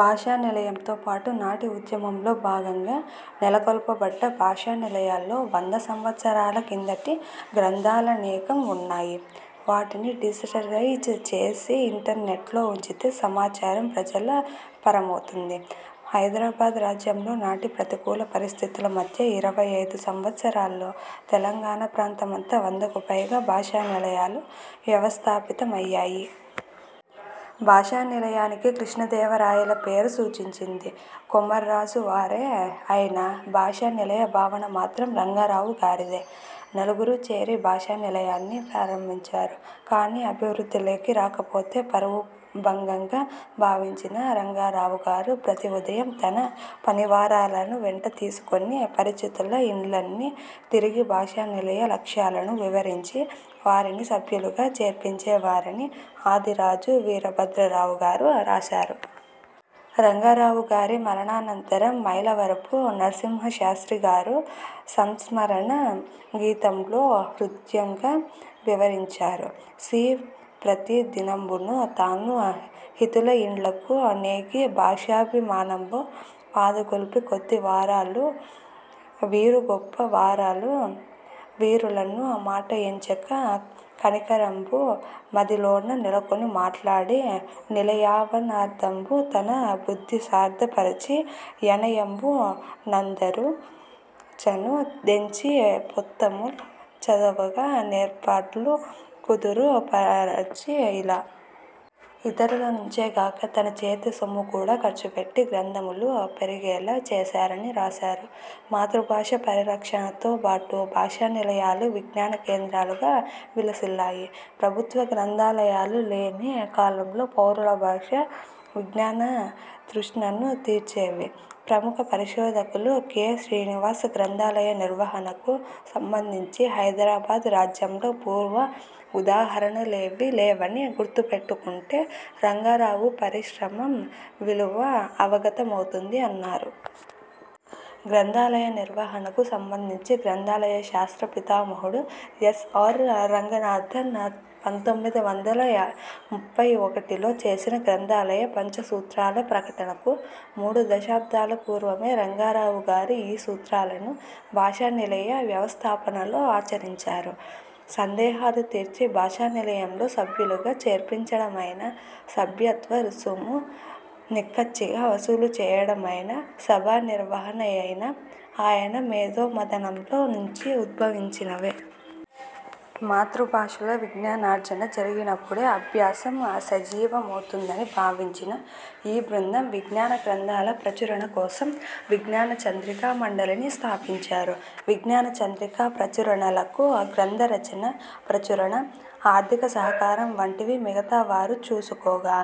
భాషా నిలయంతో పాటు నాటి ఉద్యమంలో భాగంగా నెలకొల్ప బడ్డ భాషా నిలయాల్లో వంద సంవత్సరాల కిందటి గ్రంథాలనేకం ఉన్నాయి. వాటిని డిజిటలైజ్ చేసి ఇంటర్నెట్లో ఉంచితే సమాచారం ప్రజల పరమౌతుంది. హైదరాబాద్ రాజ్యంలో నాటి ప్రతికూల పరిస్థితుల మధ్య ఇరవై ఐదు సంవత్సరాల్లో తెలంగాణ ప్రాంతమంతా వందకు పైగా భాషా నిలయాలు వ్యవస్థాపితమయ్యాయి. భాషా నిలయానికి కృష్ణ దేవరాయల పేరు సూచిం చింది కొమర్రాజువారే ఐనా, భాషా నిలయ భావన మాత్రం రంగారావు గారిదే. నలుగురూ చేరి భాషా నిలయాన్ని ప్రారంభించారు కానీ అభివృద్ధిలోకి రాకపోతే పరువు భంగంగా భావించిన రంగారావు గారు ప్రతి ఉదయం తన పనివారలను వెంట తీసుకుని పరిచితుల ఇండ్లన్నీ తిరిగి భాషా నిలయ లక్ష్యా లను వివరించి వారిని సభ్యులుగా చేర్పించేవారని ఆదిరాజు వీరభద్రరావు గారు రాశారు. రంగారావు గారి మరణానంతరం మైలవరపు నర్సింహశాస్త్రి గారు సంస్మ రణ గీతంలో హృద్యంగా వివరించారు సీ. ప్రతి దినంబును తాను హితులయిండ్లకు నేగి భాషాభిమానంబు పాదుగొల్పి కొద్ది వారాలు వీరు గొప్ప వారాలు వీరులను మాట ఎంచక కనికరంబు మదిలోన నెలకొని మాట్లాడి నిలయావనార్థంబు తన బుద్ధి సార్థ పరచి యనయంబునందఱు చను దెంచి పొత్తముల్ చదువగా నేర్పాట్లు కుదురుపఱచి. ఇలా ఇతరుల నుంచే గాక తన చేతి సొమ్ముకూడా ఖర్చుపెట్టి గ్రంథములు పెరిగేలా చేశారని రాశారు. మాతృభాషా పరిరక్షణతో బాటు భాషా నిలయాలు విజ్ఞాన కేంద్రాలుగా విలసిల్లాయి. ప్రభుత్వ గ్రంథాలయాలు లేని కాలంలో పౌరుల భాషా, విజ్ఞాన తృష్ణను తీర్చేవి. ప్రముఖ పరిశోధకులు కె. శ్రీనివాస్ గ్రంథాలయ నిర్వహణకు సంబంధించి హైదరాబాద్ రాజ్యంలో పూర్వ ఉదాహరణలేవీ లేవని గుర్తు పెట్టుకుంటే రంగారావు పరిశ్రమం విలువ అవగతమౌతుంది అన్నారు. గ్రంథాలయ నిర్వహణకు సంబంధించి గ్రంథాలయ శాస్త్ర పితామహుడు యస్. ఆర్. రంగనాథన్ పంతొమ్మిది వందల ముప్పై ఒకటిలో చేసిన గ్రంథాలయ పంచసూత్రాల ప్రకటనకు మూడు దశాబ్దాల పూర్వమే రంగారావుగారు ఈ సూత్రాలను భాషా నిలయ వ్యవస్థాపనలో ఆచరించారు. సందేహాలు తీర్చి భాషా నిలయంలో సభ్యులుగా చేర్పించడమైనా, సభ్యత్వ రుసుము నిక్కచ్చిగా వసూలు చేయడమైనా, సభా నిర్వహణయైనా ఆయన మేధోమధనంతో నుంచి ఉద్భవించినవే. మాతృభాషలో విజ్ఞానార్జన జరిగినపుడే అభ్యాసం సజీవమౌతుందని భావించిన ఈ బృందం విజ్ఞాన గ్రంథాల ప్రచురణ కోసం విజ్ఞాన చంద్రికా మండలి ని స్థాపించారు. విజ్ఞాన చంద్రిక ప్రచురణలకు గ్రంథ రచన, ప్రచురణ, ఆర్థిక సహకారం వంటివి మిగతా వారు చూసుకోగా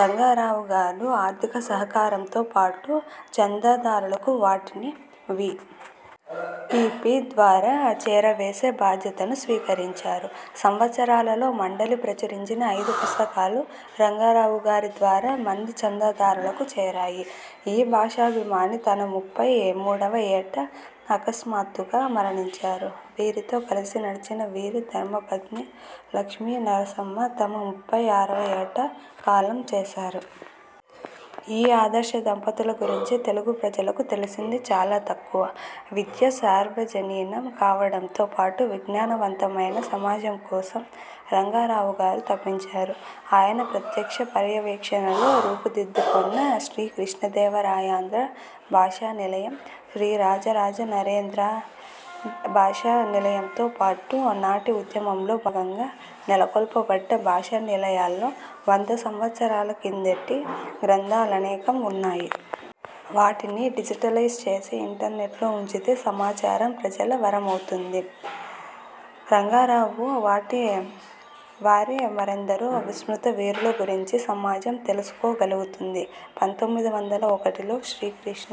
రంగారావు గారు ఆర్థిక సహకారంతో పాటు చందాదారులకు వాటిని వి. పి. పి ద్వారా చేరవేసే బాధ్యతను స్వీకరించారు., సంవత్సరాలలో మండలి ప్రచురించిన ఐదు పుస్తకాలు రంగారావు గారి ద్వారా మంది చందాదారులకు చేరాయి. ఈ భాషాభిమాని తన ముప్పై మూడువ యేట అకస్మాత్తుగా మరణించారు. వీరితో కలసి నడిచిన వీరి ధర్మపత్ని లక్ష్మీనరసమ్మ తమ ముప్పై ఆరువ యేట కాలం చేశారు. ఈ ఆదర్శ దంపతుల గురించి తెలుగు ప్రజలకు తెలిసింది చాలా తక్కువ. విద్య సార్వజనీనం కావడంతో పాటు విజ్ఞాన వంతమైన సమాజం కోసం రంగారావు గారు తపించారు. ఆయన ప్రత్యక్ష పర్యవేక్షణలో రూపు దిద్దుకొన్న శ్రీ కృష్ణదేవరాయాంధ్ర భాషానిలయం, శ్రీరాజరాజ నరేంధ్ర భాషా నిలయంతో పాటు నాటి ఉద్యమంలో భాగంగా నెలకొల్ప బడ్డ భాషా నిలయాల్లో వంద సంవత్సరాల కిందటి గ్రంథాలనేకం ఉన్నాయి. వాటిని డిజిటలైజ్ చేసి ఇంటర్నెట్లో ఉంచితే సమాచారం ప్రజల వరమౌతుంది. రంగారావు వాటి వారి మరెందరో విస్మృత వీరుల గురించి సమాజం తెలుసుకోగలుగుతుంది పంతొమ్మిది వందల ఒకటిలో శ్రీకృష్ణ